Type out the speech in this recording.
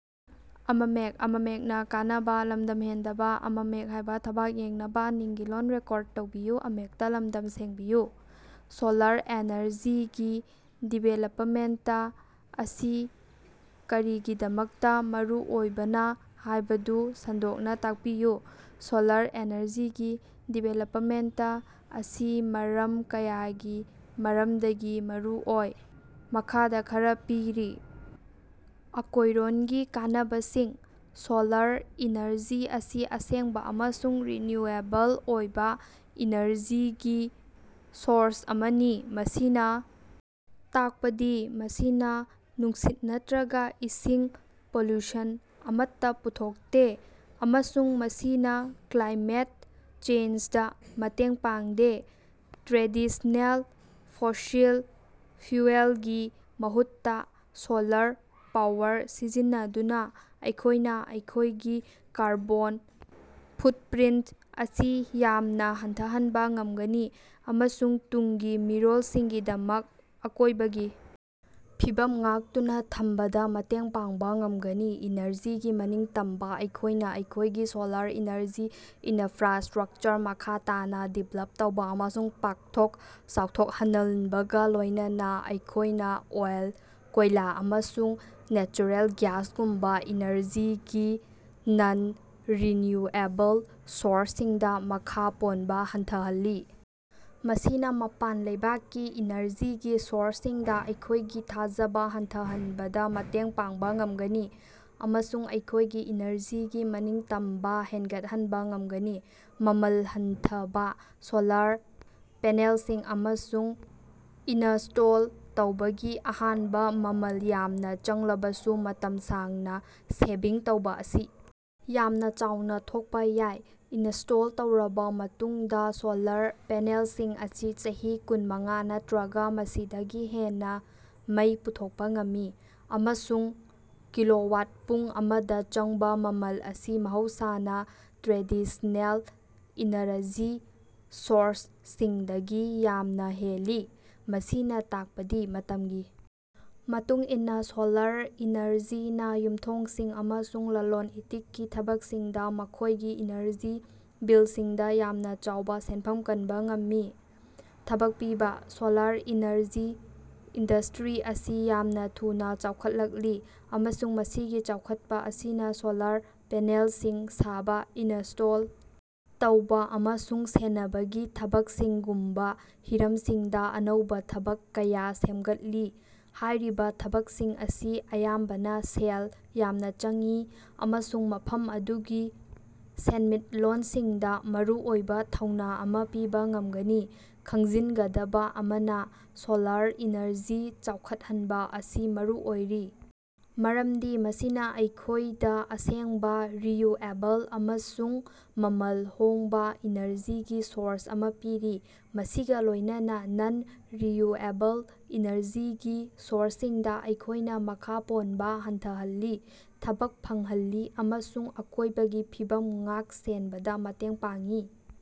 Solar ꯑꯦꯅꯔꯖꯤꯒꯤ ꯗꯤꯚꯦꯂꯞꯄꯥꯃꯦꯟꯇꯥ ꯑꯁꯤ ꯀꯔꯤꯒꯤꯗꯃꯛꯇ ꯃꯔꯨꯑꯣꯏꯕꯅ ꯍꯥꯏꯕꯗꯨ ꯁꯟꯗꯣꯛꯅ ꯇꯥꯛꯄꯤꯌꯨ꯫ ꯁꯣꯂꯥꯔ ꯑꯦꯅꯔꯖꯤꯒꯤ ꯗꯤꯚꯦꯂꯞꯄꯥꯃꯦꯟꯇꯥ ꯑꯁꯤ ꯃꯔꯝ ꯀꯌꯥꯒꯤ ꯃꯔꯝꯗꯒꯤ ꯃꯔꯨꯑꯣꯏ꯫ ꯃꯈꯥꯗ ꯈꯔ ꯄꯤꯔꯤ: ꯑꯀꯣꯏꯔꯣꯟꯒꯤ ꯀꯥꯟꯅꯕꯁꯤꯡ: ꯁꯣꯂꯥꯔ ꯏꯅꯔꯖꯤ ꯑꯁꯤ ꯑꯁꯦꯡꯕ ꯑꯃꯁꯨꯡ ꯔꯤꯟꯌꯨꯑꯦꯕꯜ ꯑꯣꯏꯕ ꯏꯅꯔꯖꯤꯒꯤ ꯁꯣꯔꯁ ꯑꯃꯅꯤ꯫ ꯃꯁꯤꯅ ꯇꯥꯛꯄꯗꯤ ꯃꯁꯤꯅ ꯅꯨꯡꯁꯤꯠ ꯅꯠꯇ꯭ꯔꯒ ꯏꯁꯤꯡ ꯄꯣꯂꯨꯁꯟ ꯑꯃꯠꯇ ꯄꯨꯊꯣꯛꯇꯦ꯫ ꯑꯃꯁꯨꯡ ꯃꯁꯤꯅ ꯀ꯭ꯂꯥꯏꯃꯦꯠ ꯆꯦꯟꯖꯗ ꯃꯇꯦꯡ ꯄꯥꯡꯗꯦ꯫ ꯇ꯭ꯔꯦꯗꯤꯁ꯭ꯅꯦꯜ ꯐꯣꯁꯤꯜ ꯐ꯭ꯌꯨꯑꯦꯜꯒꯤ ꯃꯍꯨꯠꯇ ꯁꯣꯂꯥꯔ ꯄꯥꯋꯔ ꯁꯤꯖꯤꯟꯅꯗꯨꯅ ꯑꯩꯈꯣꯏꯅ ꯑꯩꯈꯣꯏꯒꯤ ꯀꯥꯔꯕꯣꯟ ꯐꯨꯠꯞꯔꯤꯟꯇ ꯑꯁꯤ ꯌꯥꯝꯅ ꯍꯟꯊꯍꯟꯕ ꯉꯝꯒꯅꯤ꯫ ꯑꯃꯁꯨꯡ ꯇꯨꯡꯒꯤ ꯃꯤꯔꯣꯜꯁꯤꯡꯒꯤꯗꯃꯛ ꯑꯀꯣꯏꯕꯒꯤ ꯐꯤꯕꯝ ꯉꯥꯛꯇꯨꯅ ꯊꯝꯕꯗ ꯃꯇꯦꯡ ꯄꯥꯡꯕ ꯉꯝꯒꯅꯤ꯫ ꯏꯅꯔꯖꯤꯒꯤ ꯃꯅꯤꯡꯇꯝꯕ: ꯑꯩꯈꯣꯏꯅ ꯑꯩꯈꯣꯏꯒꯤ ꯁꯣꯂꯥꯔ ꯏꯅꯔꯖꯤ ꯏꯅꯥꯐ꯭ꯔꯥꯁ꯭ꯇꯔꯛꯆꯔ ꯃꯈꯥ ꯇꯥꯅ ꯗꯤꯕ꯭ꯂꯞ ꯇꯧꯕ ꯑꯃꯁꯨꯡ ꯄꯥꯛꯊꯣꯛ ꯆꯥꯎꯊꯣꯛꯍꯅꯜꯟꯕꯒ ꯂꯣꯢꯅꯅ ꯑꯩꯈꯣꯏꯅ ꯑꯣꯏꯜ, ꯀꯣꯏꯂꯥ ꯑꯃꯁꯨꯡ ꯅꯦꯆꯔꯦꯜ ꯒ꯭ꯌꯥꯁꯒꯨꯝꯕ ꯏꯅꯔꯖꯤꯒꯤ ꯅꯟ-ꯔꯤꯟꯌꯨꯑꯦꯕꯜ ꯁꯣꯔꯁꯁꯤꯡꯗ ꯃꯈꯥ ꯄꯣꯟꯕ ꯍꯟꯊꯍꯜꯂꯤ꯫ ꯃꯁꯤꯅ ꯃꯄꯥꯟ ꯂꯩꯕꯥꯛꯀꯤ ꯏꯅꯔꯖꯤꯒꯤ ꯁꯣꯔꯁꯁꯤꯡꯗ ꯑꯩꯈꯣꯢꯒꯤ ꯊꯥꯖꯕ ꯍꯟꯊꯍꯟꯕꯗ ꯃꯇꯦꯡ ꯄꯥꯡꯕ ꯉꯝꯒꯅꯤ꯫ ꯑꯃꯁꯨꯡ ꯑꯩꯈꯣꯢꯒꯤ ꯏꯅꯔꯖꯤꯒꯤ ꯃꯅꯤꯡꯇꯝꯕ ꯍꯦꯟꯒꯠꯍꯟꯕ ꯉꯝꯒꯅꯤ꯫ ꯃꯃꯜ ꯍꯟꯊꯕ: ꯁꯣꯂꯥꯔ ꯄꯦꯅꯦꯜꯁꯤꯡ ꯑꯃꯁꯨꯡ ꯏꯟꯅꯥꯁ꯭ꯇꯣꯜ ꯇꯧꯕꯒꯤ ꯑꯍꯥꯟꯕ ꯃꯃꯜ ꯌꯥꯝꯅ ꯆꯪꯂꯕꯁꯨ ꯃꯇꯝ ꯁꯥꯡꯅ ꯁꯦꯚꯤꯡ ꯇꯧꯕ ꯑꯁꯤ ꯌꯥꯝꯅ ꯆꯥꯎꯅ ꯊꯣꯛꯄ ꯌꯥꯏ꯫ ꯏꯟꯅꯥꯁ꯭ꯇꯣꯜ ꯇꯧꯔꯕ ꯃꯇꯨꯡꯗ ꯁꯣꯂꯥꯔ ꯄꯦꯅꯦꯜꯁꯤꯡ ꯑꯁꯤ ꯆꯍꯤ ꯀꯨꯟꯃꯉꯥ ꯅꯠꯇ꯭ꯔꯒ ꯃꯁꯤꯗꯒꯤ ꯍꯦꯟꯅ ꯃꯩ ꯄꯨꯊꯣꯛꯄ ꯉꯝꯃꯤ꯫ ꯑꯃꯁꯨꯡ ꯀꯤꯂꯣꯋꯥꯠ-ꯄꯨꯡ ꯑꯃꯗ ꯆꯪꯕ ꯃꯃꯜ ꯑꯁꯤ ꯃꯍꯧꯁꯥꯅ ꯇ꯭ꯔꯦꯗꯤꯁꯅꯦꯜ ꯏꯅꯥꯔꯥꯖꯤ ꯁꯣꯔꯁꯁꯤꯡꯗꯒꯤ ꯌꯥꯝꯅ ꯍꯦꯜꯂꯤ꯫ ꯃꯁꯤꯅ ꯇꯥꯛꯄꯗꯤ ꯃꯇꯝꯒꯤ ꯃꯇꯨꯡ ꯏꯟꯅ ꯁꯣꯂꯔ ꯏꯅꯔꯖꯤꯅ ꯌꯨꯝꯊꯣꯡꯁꯤꯡ ꯑꯃꯁꯨꯡ ꯂꯂꯣꯟ-ꯏꯇꯤꯛꯀꯤ ꯊꯕꯛꯁꯤꯡꯗ ꯃꯈꯣꯏꯒꯤ ꯏꯅꯔꯖꯤ ꯕꯤꯜꯁꯤꯡꯗ ꯌꯥꯝꯅ ꯆꯥꯎꯕ ꯁꯦꯟꯐꯝ ꯀꯟꯕ ꯉꯝꯃꯤ꯫ ꯊꯕꯛ ꯄꯤꯕ: ꯁꯣꯂꯥꯔ ꯏꯅꯔꯖꯤ ꯏꯟꯗꯁ꯭ꯇꯔꯤ ꯑꯁꯤ ꯌꯥꯝꯅ ꯊꯨꯅ ꯆꯥꯎꯈꯠꯂꯛꯂꯤ꯫ ꯑꯃꯁꯨꯡ ꯃꯁꯤꯒꯤ ꯆꯥꯎꯈꯠꯄ ꯑꯁꯤꯅ ꯁꯣꯂꯥꯔ ꯄꯦꯅꯦꯜꯁꯤꯡ ꯁꯥꯕ, ꯏꯟꯅꯥꯁ꯭ꯇꯣꯜ ꯇꯧꯕ ꯑꯃꯁꯨꯡ ꯁꯦꯟꯅꯕꯒꯤ ꯊꯕꯛꯁꯤꯡꯒꯨꯝꯕ ꯍꯤꯔꯝꯁꯤꯡꯗ ꯑꯅꯧꯕ ꯊꯕꯛ ꯀꯌꯥ ꯁꯦꯝꯒꯠꯂꯤ꯫ ꯍꯥꯏꯔꯤꯕ ꯊꯕꯛꯁꯤꯡ ꯑꯁꯤ ꯑꯌꯥꯝꯕꯅ ꯁꯦꯜ ꯌꯥꯝꯅ ꯆꯪꯏ꯫ ꯑꯃꯁꯨꯡ ꯃꯐꯝ ꯑꯗꯨꯒꯤ ꯁꯦꯟꯃꯤꯠꯂꯣꯟꯁꯤꯡꯗ ꯃꯔꯨꯑꯣꯏꯕ ꯊꯧꯅꯥ ꯑꯃ ꯄꯤꯕ ꯉꯝꯒꯅꯤ꯫ ꯈꯪꯖꯤꯟꯒꯗꯕ ꯑꯃꯅ, ꯁꯣꯂꯥꯔ ꯏꯅꯔꯖꯤ ꯆꯥꯎꯈꯠꯍꯟꯕ ꯑꯁꯤ ꯃꯔꯨ ꯑꯣꯏꯔꯤ ꯃꯔꯝꯗꯤ ꯃꯁꯤꯅ ꯑꯩꯈꯣꯢꯗ ꯑꯁꯦꯡꯕ ꯔꯤꯌꯨꯑꯦꯕꯜ ꯑꯃꯁꯨꯡ ꯃꯃꯜ ꯍꯣꯡꯕ ꯏꯅꯔꯖꯤꯒꯤ ꯁꯣꯔꯁ ꯑꯃꯥ ꯄꯤꯔꯤ꯫ꯃꯁꯤꯒ ꯂꯣꯏꯅꯅ ꯅꯟ-ꯔꯤꯌꯨꯑꯦꯕꯜ ꯏꯅꯔꯖꯤꯒꯤ ꯁꯣꯔꯁꯁꯤꯡꯗ ꯑꯩꯈꯣꯏꯅ ꯃꯈꯥ ꯄꯣꯟꯕ ꯍꯟꯊꯍꯜꯂꯤ꯫ ꯊꯕꯛ ꯐꯪꯍꯜꯂꯤ ꯑꯃꯁꯨꯡ ꯑꯀꯣꯏꯕꯒꯤ ꯐꯤꯕꯝ ꯉꯥꯛ-ꯁꯦꯟꯕꯗ ꯃꯇꯦꯡ ꯄꯥꯡꯏ꯫